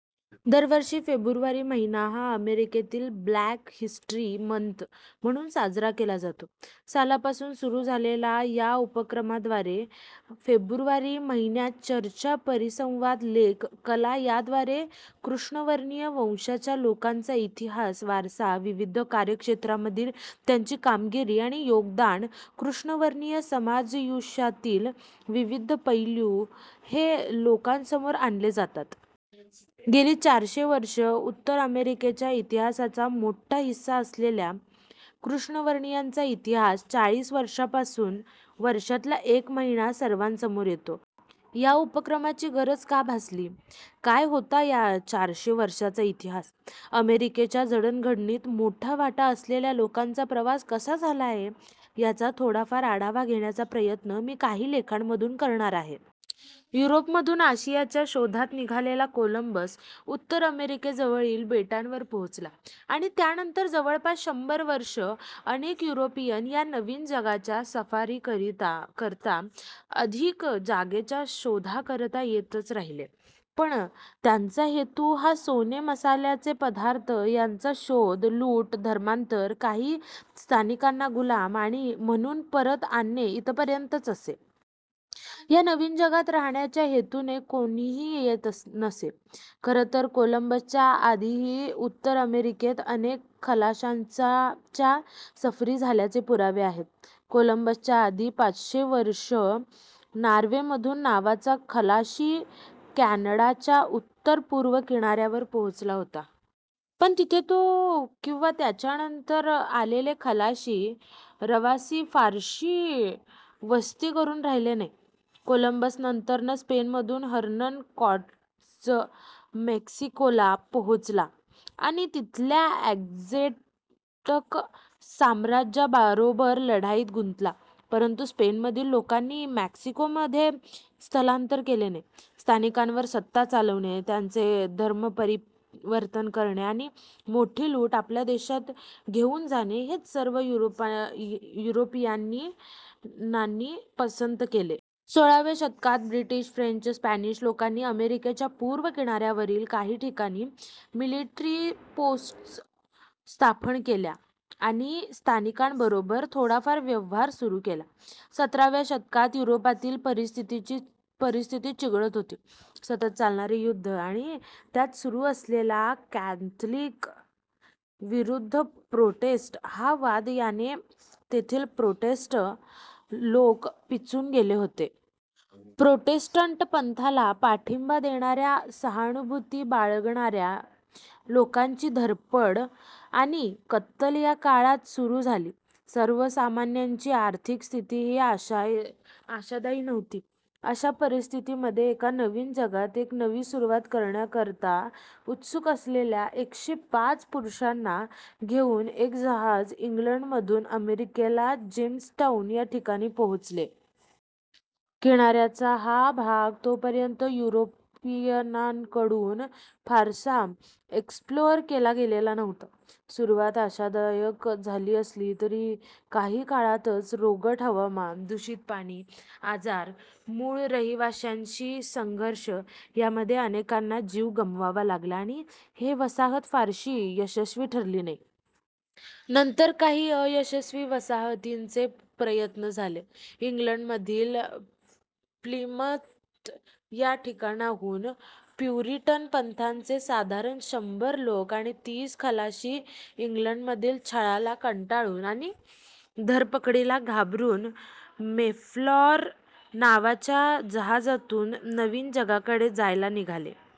दर वर्षी फेब्रुवारी महिना हा अमेरिकेत 'ब्लॅक हिस्टरी मंथ' म्हणून साजरा केला जातो. सालापासून सुरु झालेल्या या उपक्रमाद्वारे फेब्रुवारी महिन्यात चर्चा, परिसंवाद, लेख, कला याद्वारे कृष्णवर्णीय वंशाच्या लोकांचा इतिहास, वारसा, विविध कार्यक्षेत्रामधील त्यांची कामगिरी आणि योगदान, कृष्णवर्णीय समाजायुष्यातील विविध पैलू हे लोकांसमोर आणले जातात. गेली चारशे वर्षं उत्तर अमेरिकेच्या इतिहासाचा मोठा हिस्सा असलेल्या कृष्णवर्णीयांचा इतिहास चाळीस वर्षांपासून वर्षातला एक महिना सर्वांसमोर येतो. या उपक्रमाची गरज का भासली, काय होता हा चारसे वर्षांचा इतिहास, अमेरिकेच्या जडणघडणीत मोठा वाटा असलेल्या लोकांचा प्रवास कसा झाला आहे याचा थोडाफार आढावा घेण्याचा प्रयत्न मी काही लेखांमधून करणार आहे. युरोपमधून अशियाच्या शोधात निघालेला कोलंबस उत्तर अमेरिकेजवळील बेटांवर पोहोचला, आणि त्यानंतर जवळपास शंभर वर्षं अनेक युरोपियन या नवीन जगाच्या सफरीकरता, अधिक जागेच्या शोधाकरता येतच राहिले. पण त्यांचा हेतू हा सोने, मसाल्याचे पदार्थ यांचा शोध, लूट, धर्मांतर, काही स्थानिकांना गुलाम म्हणून परत आणणे इथपर्यंतच असे. या नवीन जगात राहण्याच्या हेतूने कोणीही येत नसे. खरं तर कोलंबसच्या आधीही उत्तर अमेरिकेत अनेक खलाशांच्या सफरी झाल्याचे पुरावे आहेत. कोलंबसच्या आधी पाचशे वर्ष नॉर्वेमधून नावाचा खलाशी कॅनडाच्या उत्तर पूर्व किनार्यावर पोहोचला होता. पण तिथे तो किंवा त्याच्यानंतर आलेले खलाशी ्रवासी फारशी वस्ती करुन राहिले नाही. कोलंबसनंतर स्पेनमधून हर्नन कॉर्टेझ मेक्सिकोला पोहोचला, आणि तिथल्या अॅझ्टेक साम्राज्याबरोबर लढाईत गुंतला. परंतू स्पेनमधील लोकांनी मेक्सिकोमध्ये स्थलांतर केले नाही. स्थानिकांवर सत्ता चालवणे, त्यांचे धर्मपरिवर्तन करणे आणि मोठी लूट आपल्या देशात घेऊन जाणे हेच सर्व युरोपियनांनी पसंत केले. सोळाव्या शतकात ब्रिटिश, फ्रेंच, स्पॅनिश लोकांनी अमेरिकेच्या पूर्व किनार्यावरील काही ठिकाणी मिलिटरी पोस्ट्स स्थापन केल्या आणि स्थानिकांबरोबर थोडाफार व्यवहार सुरु केला. सतराव्या शतकात युरोपातली परिस्थिती चिघळत होती. सतत चालणारी युद्धं आणि त्यात सुरु असलेला कॅथलिक विरुद्ध प्रोटेस्टंट हा वाद याने तेथील प्रोटेस्टंट लोक पिचून गेले होते. प्रोटेस्टंट पंथाला पाठींबा देणार्या, सहानुभूती बाळगणार्या लोकांची धरपकड आणि कत्तल या काळात सुरु झाली. सर्वसामान्यांची आर्थिक स्थितीही आशादायी नव्हती. अशा परिस्थितीमध्ये एका नवीन जगात एक नवी सुरुवात करण्याकरता उत्सुक असलेल्या एकसे पाच पुरुषांना घेउन एक जहाज इंग्लंडमधून अमेरिकेला जेम्सटाउन या ठिकाणी पोहोचले. किनार्याचा हा भाग तोपर्यंत युरोपियनांकडून फारसा 'एक्स्प्लोअर' केला गेलेला नव्हता. सुरुवात आशादायक झाली असली तरी काही काळातच रोगट हवामान, दुषित पाणी, आजार, मूळ रहिवाश्यांशी संघर्ष यामध्ये अनेकांना जीव गमवावा लागला आणि ही वसाहत फारशी यशस्वी ठरली नाही. नंतरही काही अयशस्वी वसाहतींचे प्रयत्न झाले. इंग्लंडमधील प्लिमथ या ठिकाणाहून प्युरिटन पंथाचे साधारण शंभर लोक आणि तीस खलाशी इंग्लंडमधील छळाला कंटाळून आणि धरपकडीला घाबरुन मेफ्लावर नावाच्या जहाजातून नवीन जगाकडे जायला निघाले.